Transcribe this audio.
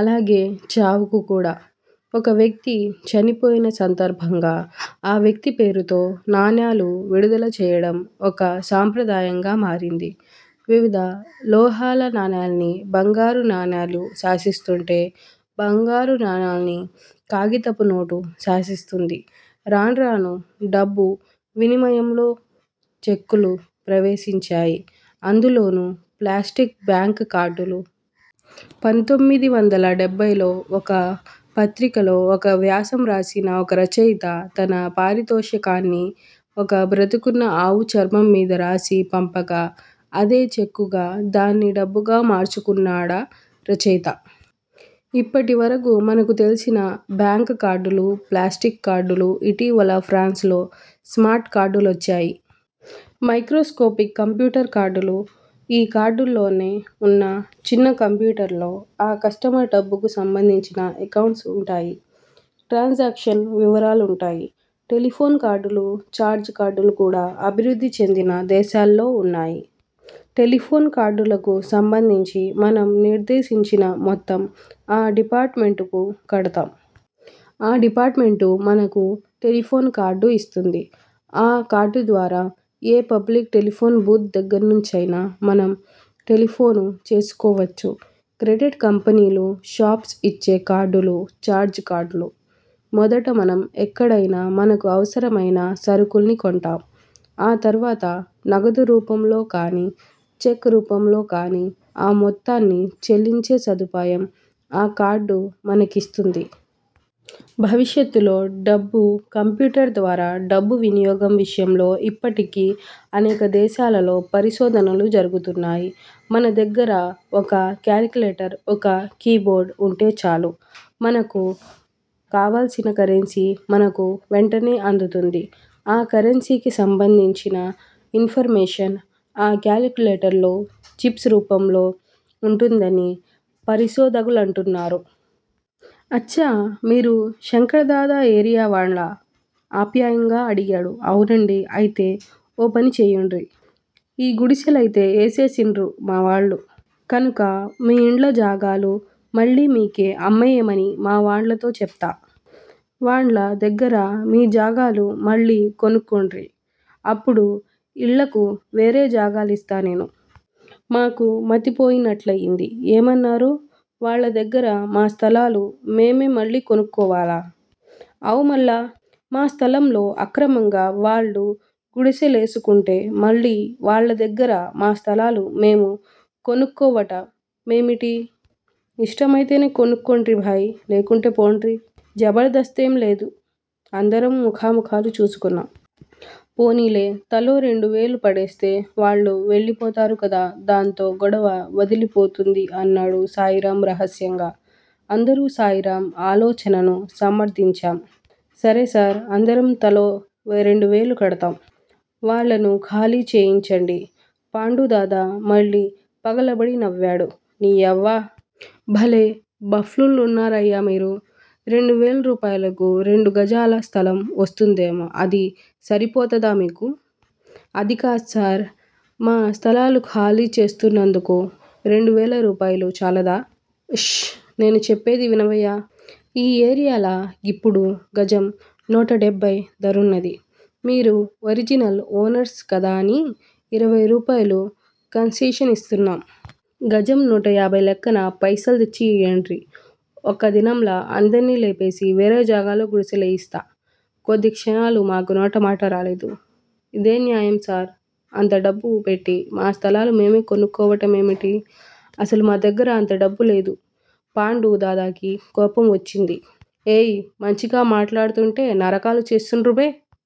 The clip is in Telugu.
అలాగే చావుకు కూడా. ఒక వ్యక్తి చనిపోయిన సందర్భంగా ఆ వ్యక్తి పేరుతో నాణాలు విడుదల చేయడం ఒక సంప్రదాయంగా మారింది. వివిధ లోహాల నాణాల్ని బంగారు నాణాలు శాసిస్తుంటే, బంగారు నాణాల్ని, కాగితపు నోటు శాసిస్తోంది. రాన్రానూ డబ్బు వినిమయంలో చెక్కులు ప్రవేశించాయి. అందులోనూ ప్లాస్టిక్ బ్యాంక్ కార్డులు. పంతోమిది వందల డెబ్భై లో ఒక పత్రికలో ఒక వ్యాసం రాసిన ఒక రచయిత, తన పారితోషికాన్ని, ఒక బ్రతికున్న ఆవు చర్మం మీద రాసి పంపగా అదే చెక్కుగా, దాన్ని డబ్బుగా మార్చుకున్నాడా రచయిత. ఇప్పటివరకూ మనకు తెల్సిన బ్యాంక్ కార్డ్ లు, ప్లాస్టిక్ కార్డ్ లు, ఇటీవల ఫ్రాన్స్ లో స్మార్ట్ కార్డులొచ్చాయి. మైక్రోస్కోపిక్ కంప్యూటర్ కార్డులు ఈ కార్డుల్లోనే వున్న చిన్న కంప్యూటర్లో, ఆ కస్టమర్ డబ్బుకు సంబంధించిన ఎకౌంట్స్ వుంటాయి. ట్రాన్ జాక్షన్ వివరాలుంటాయి. టెలిఫోన్ కార్డులు, ఛార్జ్ కార్డులు కూడా అభివృద్ధి చెందిన దేశాల్లో వున్నాయి. టెలిఫోన్ కార్డులకు సంబంధించి, మనం నిర్దేశించిన మొత్తం ఆ డిపార్టుమెంటుకు కడతాం. ఆ డిపార్టుమెంటు మనకు టెలిఫోన్ కార్డు ఇస్తుంది. ఆ కార్డుద్వారా ఏ పబ్లిక్ టెలిఫోను బూత్ దగ్గర్నించైనా మనం టెలిఫోను చేసుకోవచ్చు. క్రెడిట్ కంపెనీలు, షాప్స్ యిచ్చే కార్డులు ఛార్జ్ కార్డ్ లు. మొదట మనం ఎక్కడైనా మనకు అవసరమైన సరుకుల్ని కొంటాం. ఆ తర్వాత నగదు రూపంలోగానీ, చెక్ రూపంలోగానీ ఆ మొత్తాన్ని చెల్లించే సదుపాయం ఆ కార్డు మనకిస్తుంది. భవిష్యత్తులో డబ్బు: కంప్యూటర్ ద్వారా, డబ్బు వినియోగం విషయంలో యిప్పటికీ అనేక దేశాలలో పరిశోధనలు జరుగుతున్నాయి. మన దగ్గర ఒక కాలిక్యులేటరు, ఒక కీ బోర్డు వుంటే చాలు. మనకు కావల్సిన కరెన్సీ మనకు వెంటనే అందుతుంది. ఆ కరెన్సీకి సంబంధించిన ఇన్ ఫర్ మేషన్ ఆ కాలిక్యులేటర్లో చిప్స్ రూపంలో వుంటుందని పరిశోధకులంటున్నారు. అచ్చా! మీరు శంకర్ దాదా ఏరియా వాండ్లా? ఆప్యాయంగా అడిగాడు. అవునండీ అయితే ఓపని జేయండ్రి. ఈ గుడిశెలయితే ఏసేసిన్రు మా వాళ్ళు! కనుక మీ ఇండ్ల జాగాలు మళ్ళీమీకే అమ్మేయమని మా వాండ్లతో జెప్తా. వాండ్ల దగ్గర మీజాగాలు మళ్ళీ కొనుక్కోండ్రి అప్పుడు ఈళ్ళకు వేరే జాగాలిస్తా నేను. మాకు మతిపోయినట్లయింది. ఏమన్నారు? వాళ్ళ దగ్గర మా స్థలాలు మేమే మళ్ళీ కొనుక్కోవాలా? అవ్ మళ్ళా! మా స్థలంలో అక్రమంగా వాళ్ళు గుడిశె లేసుకుంటే మళ్ళీ వాళ్ళ దగ్గర మా స్థలాలు మేము కొనుక్కోవట మేమిటి? ఇష్టమయితేనే కొనండ్రి భాయ్! లేకుంటే పోండ్రి! జబర్ధస్తేం లే అందరం మొఖామొఖాలు చూసుకున్నాం. పోనీలే! తలో రెండు వేలూ పడేస్తే వాళ్ళు వెళ్లిపోతారు కదా! దాంతో గొడవ వదిలిపోతుంది అన్నాడు శాయిరామ్ రహస్యంగా. అందరూ శాయిరామ్ ఆలోచనను సమర్ధించాం. సరే సార్! అందరం తలో రెండువేలూ కడతాం! వాళ్ళను ఖాళీ చేయించండి పాండూ దాదా మళ్ళీ పగలబడి నవ్వాడు. నీయవ్వ! భలే బఫ్లూన్లున్నారయ్యా మీరు. రెండువేల్రూపాయలకు రెండు గజాల స్థలం వస్తుందేమో! అది సరిపోతదా మీకు? అది కాద్సార్ మా స్థలాలు ఖాళీ చేస్తున్నందుకు రెండువేల రూపాయలు చాలదా? ష్! నేను చెప్పేది వినవయ్యా! ఈ ఏరియాల గిప్పుడు గజం నూటడెభై ధరున్నది. మీరు ఒరిజినల్ ఓనర్స్ కదాని ఇరవై రూపాయలు కన్సెషనిస్తున్నాం! గజం నూట యాభై లెక్కన పైసల్దెచ్చి ఇయ్యండి. ఒక్కదినంల అందర్నీ లేపేసి వేరే జాగాలో గుడిశె లేయిస్తా! కొద్ది క్షణాలు మాకు నోటమాట రాలేదు. ఇదన్యాయం సార్! అంత డబ్బు పెట్టి మా స్థలాలు మేమే కొనుక్కోవట మేమిటి? అసలు మాదగ్గర అంత డబ్బేలేదు పాండూ దాదాకి కోపం వచ్చింది. ఏయ్! మంచిగా మాట్లాడ్తుంటే నరకాలు జేస్తున్రు బే!